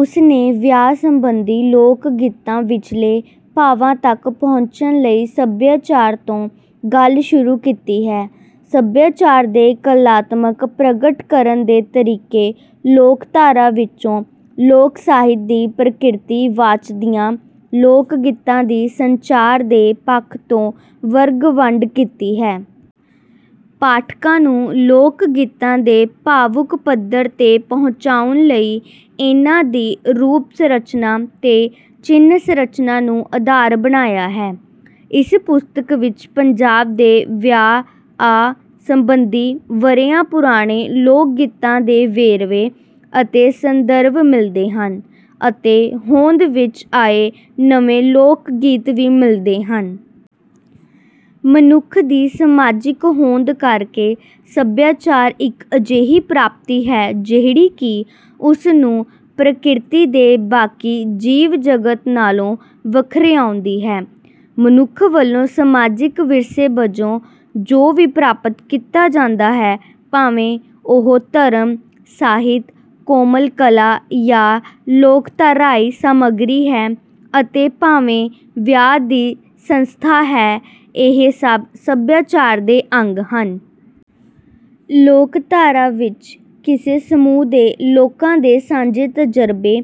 ਉਸ ਨੇ ਵਿਆਹ ਸਬੰਧੀ ਲੋਕਗੀਤਾਂ ਵਿਚਲੇ ਭਾਵਾਂ ਤੱਕ ਪਹੁੰਚਣ ਲਈ ਸਭਿਆਚਾਰ ਤੋਂ ਗੱਲ ਸ਼ੁਰੂ ਕੀਤੀ ਹੈ। ਸਭਿਆਚਾਰ ਦੇ ਕਲਾਤਮਕ ਪ੍ਰਗਟ ਕਰਨ ਦੇ ਤਰੀਕੇ ਲੋਕਧਾਰਾ ਵਿੱਚੋਂ ਲੋਕ-ਸਾਹਿਤ ਦੀ ਪ੍ਰਕਿਰਤੀ ਵਾਚਦਿਆਂ ਲੋਕਗੀਤਾਂ ਦੀ ਸੰਚਾਰ ਦੇ ਪੱਖ ਤੋਂ ਵਰਗ-ਵੰਡ ਕੀਤੀ ਹੈ। ਪਾਠਕਾਂ ਨੂੰ ਲੋਕਗੀਤਾਂ ਦੇ ਭਾਵੁਕ ਪੱਧਰ ਤੇ ਪਹੁੰਚਾਉਣ ਲਈ ਇਨ੍ਹਾਂ ਦੀ ਰੂਪ-ਸੰਰਚਨਾ ਤੇ ਚਿੰਨ੍ਹ-ਸੰਰਚਨਾ ਨੂੰ ਆਧਾਰ ਬਣਾਇਆ ਹੈ। ਇਸ ਪੁਸਤਕ ਵਿੱਚ ਪੰਜਾਬ ਦੇ ਵਿਆਹ-ਆਹ ਸਬੰਧੀ ਵਰ੍ਹਿਆਂ ਪੁਰਾਣੇ ਲੋਕਗੀਤਾਂ ਦੇ ਵੇਰਵੇ ਅਤੇ ਸੰਦਰਭ ਮਿਲਦੇ ਹਨ ਅਤੇ ਹੋਂਦ ਵਿੱਚ ਆਏ ਨਵੇਂ ਲੋਕਗੀਤ ਵੀ ਮਿਲਦੇ ਹਨ। ਮਨੁੱਖ ਦੀ ਸਮਾਜਿਕ ਹੋਂਦ ਕਰਕੇ ਸੱਭਿਆਚਾਰ ਇੱਕ ਅਜਿਹੀ ਪ੍ਰਾਪਤੀ ਹੈ ਜਿਹੜੀ ਕਿ ਉਸ ਨੂੰ ਪ੍ਰਕਿਰਤੀ ਦੇ ਬਾਕੀ ਜੀਵ-ਜਗਤ ਨਾਲੋਂ ਵੱਖਰਿਆਉਂਦੀ ਹੈ। ਮਨੁੱਖ ਵੱਲੋਂ ਸਮਾਜਿਕ ਵਿਰਸੇ ਵਜੋਂ ਜੋ ਵੀ ਪ੍ਰਾਪਤ ਕੀਤਾ ਜਾਂਦਾ ਹੈ, ਭਾਵੇਂ ਉਹ ਧਰਮ, ਸਾਹਿਤ, ਕੋਮਲ ਕਲਾ ਜਾਂ ਲੋਕਧਾਰਾਈ ਸਮੱਗਰੀ ਹੈ ਅਤੇ ਭਾਵੇਂ ਵਿਆਹ ਦੀ ਸੰਸਥਾ ਹੈ, ਇਹ ਸਭ ਸੱਭਿਆਚਾਰ ਦੇ ਅੰਗ ਹਨ। ਲੋਕਧਾਰਾ ਵਿੱਚ ਕਿਸੇ ਸਮੂਹ ਦੇ ਲੋਕਾਂ ਦੇ ਸਾਂਝੇ ਤਜਰਬੇ,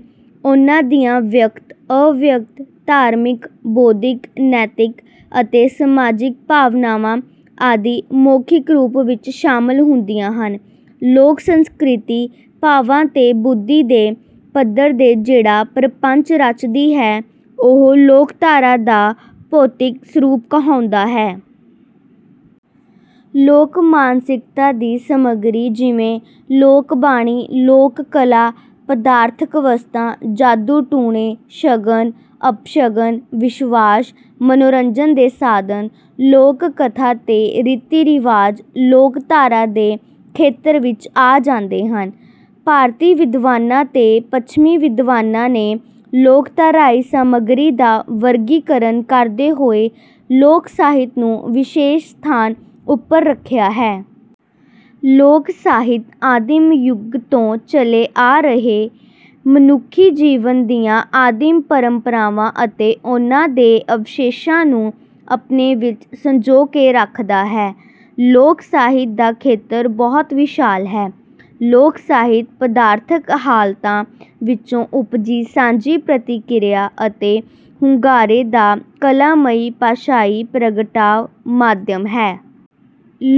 ਉਨ੍ਹਾਂ ਦੀਆਂ ਵਿਅਕਤ, ਅਵਿਅਕਤ, ਧਾਰਮਿਕ, ਬੌਧਿਕ, ਨੈਤਿਕ ਅਤੇ ਸਮਾਜਿਕ ਭਾਵਨਾਵਾਂ ਆਦਿ ਮੌਖਿਕ ਰੂਪ ਵਿੱਚ ਸ਼ਾਮਲ ਹੁੰਦੀਆਂ ਹਨ। ਲੋਕ-ਸੰਸਕ੍ਰਿਤੀ ਭਾਵਾਂ ਤੇ ਬੁੱਧੀ ਦੇ ਪੱਧਰ ਦੇ ਜਿਹੜਾ ਪ੍ਰਪੰਚ ਰਚਦੀ ਹੈ, ਉਹ ਲੋਕਧਾਰਾ ਦਾ ਭੌਤਿਕ ਸਰੂਪ ਕਹਾਉਂਦਾ ਹੈ। ਲੋਕ-ਮਾਨਸਿਕਤਾ ਦੀ ਸਮੱਗਰੀ ਜਿਵੇਂ ਲੋਕ-ਬਾਣੀ, ਲੋਕ-ਕਲਾ, ਪਦਾਰਥਕ ਵਸਤਾਂ, ਜਾਦੂ-ਟੂਣੇ, ਸ਼ਗਨ, ਅਪਸ਼ਗਨ, ਵਿਸ਼ਵਾਸ, ਮਨੋਰੰਜਨ ਦੇ ਸਾਧਨ, ਲੋਕ-ਕਥਾ ਤੇ ਰੀਤੀ-ਰਿਵਾਜ ਲੋਕਧਾਰਾ ਦੇ ਖੇਤਰ ਵਿੱਚ ਆ ਜਾਂਦੇ ਹਨ। ਭਾਰਤੀ ਵਿਦਵਾਨਾਂ ਤੇ ਪੱਛਮੀ ਵਿਦਵਾਨਾਂ ਨੇ ਲੋਕਧਾਰਾਈ ਸਮੱਗਰੀ ਦਾ ਵਰਗੀਕਰਨ ਕਰਦੇ ਹੋਏ ਲੋਕ-ਸਾਹਿਤ ਨੂੰ ਵਿਸ਼ੇਸ਼ ਸਥਾਨ ਉੱਪਰ ਰੱਖਿਆ ਹੈ। ਲੋਕ-ਸਾਹਿਤ ਆਦਿਮ ਯੁੱਗ ਤੋਂ ਚਲੇ ਆ ਰਹੇ ਮਨੁੱਖੀ ਜੀਵਨ ਦੀਆਂ ਆਦਿਮ ਪਰੰਪਰਾਵਾਂ ਅਤੇ ਉਨ੍ਹਾਂ ਦੇ ਅਵਸ਼ੇਸ਼ਾਂ ਨੂੰ ਆਪਣੇ ਵਿੱਚ ਸੰਜੋ ਕੇ ਰੱਖਦਾ ਹੈ। ਲੋਕ-ਸਾਹਿਤ ਦਾ ਖੇਤਰ ਬਹੁਤ ਵਿਸ਼ਾਲ ਹੈ। ਲੋਕ-ਸਾਹਿਤ ਪਦਾਰਥਕ ਹਾਲਤਾਂ ਵਿੱਚੋਂ ਉਪਜੀ ਸਾਂਝੀ ਪ੍ਰਤੀਕਿਰਿਆ ਅਤੇ ਹੁੰਗਾਰੇ ਦਾ ਕਲਾਮਈ ਭਾਸ਼ਾਈ ਪ੍ਰਗਟਾਅ-ਮਾਧਿਅਮ ਹੈ।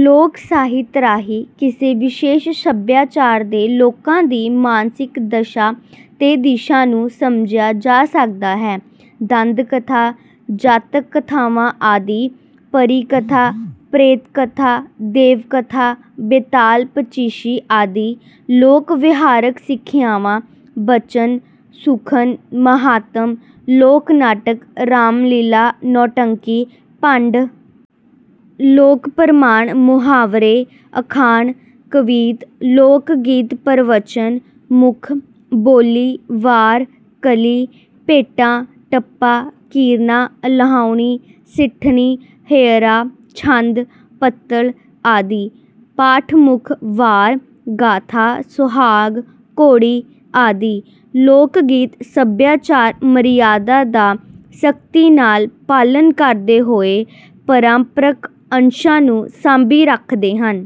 ਲੋਕ-ਸਾਹਿਤ ਰਾਹੀਂ ਕਿਸੇ ਵਿਸ਼ੇਸ਼ ਸੱਭਿਆਚਾਰ ਦੇ ਲੋਕਾਂ ਦੀ ਮਾਨਸਿਕ ਦਸ਼ਾ ਤੇ ਦਿਸ਼ਾ ਨੂੰ ਸਮਝਿਆ ਜਾ ਸਕਦਾ ਹੈ। ਦੰਦ-ਕਥਾ, ਜਾਤਕ-ਕਥਾਵਾਂ ਆਦਿ। ਪਰੀ-ਕਥਾ, ਪ੍ਰੇਤ-ਕਥਾ, ਦੇਵ-ਕਥਾ, ਬੈਤਾਲ ਪਚੀਸੀ ਆਦਿ। ਲੋਕ-ਵਿਹਾਰਕ ਸਿਖਿਆਵਾਂ: ਬਚਨ, ਸੁਖਨ, ਮਹਾਤਮ। ਲੋਕ-ਨਾਟਕ: ਰਾਮ-ਲੀਲਾ, ਨੌਟੰਕੀ, ਭੰਡ। ਲੋਕ-ਪ੍ਰਮਾਣ: ਮੁਹਾਵਰੇ, ਅਖਾਣ, ਕਬਿੱਤ। ਲੋਕਗੀਤ-ਪ੍ਰਵਚਨ-ਮੁੱਖ: ਬੋਲੀ, ਵਾਰ, ਕਲੀ, ਭੇਟਾ, ਟੱਪਾ, ਕੀਰਨਾ, ਅਲਾਹੁਣੀ, ਸਿੱਠਣੀ, ਹੇਅਰਾ, ਛੰਦ, ਪੱਤਲ ਆਦਿ। ਪਾਠ-ਮੁੱਖ: ਵਾਰ, ਗਾਥਾ, ਸੁਹਾਗ, ਘੋੜੀ ਆਦਿ। ਲੋਕਗੀਤ ਸੱਭਿਆਚਾਰ-ਮਰਿਆਦਾ ਦਾ ਸਖਤੀ ਨਾਲ ਪਾਲਣ ਕਰਦੇ ਹੋਏ ਪਰੰਪਰਕ ਅੰਸ਼ਾਂ ਨੂੰ ਸਾਂਭੀ ਰੱਖਦੇ ਹਨ।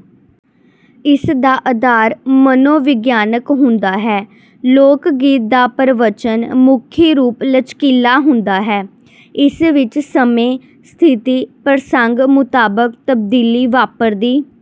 ਇਸ ਦਾ ਆਧਾਰ ਮਨੋਵਿਗਿਆਨਕ ਹੁੰਦਾ ਹੈ। ਲੋਕਗੀਤ ਦਾ ਪ੍ਰਵਚਨ-ਮੁਖੀ ਰੂਪ ਲਚਕੀਲਾ ਹੁੰਦਾ ਹੈ। ਇਸ ਵਿੱਚ ਸਮੇਂ, ਸਥਿਤੀ, ਪ੍ਰਸੰਗ ਮੁਤਾਬਕ ਤਬਦੀਲੀ ਵਾਪਰਦੀ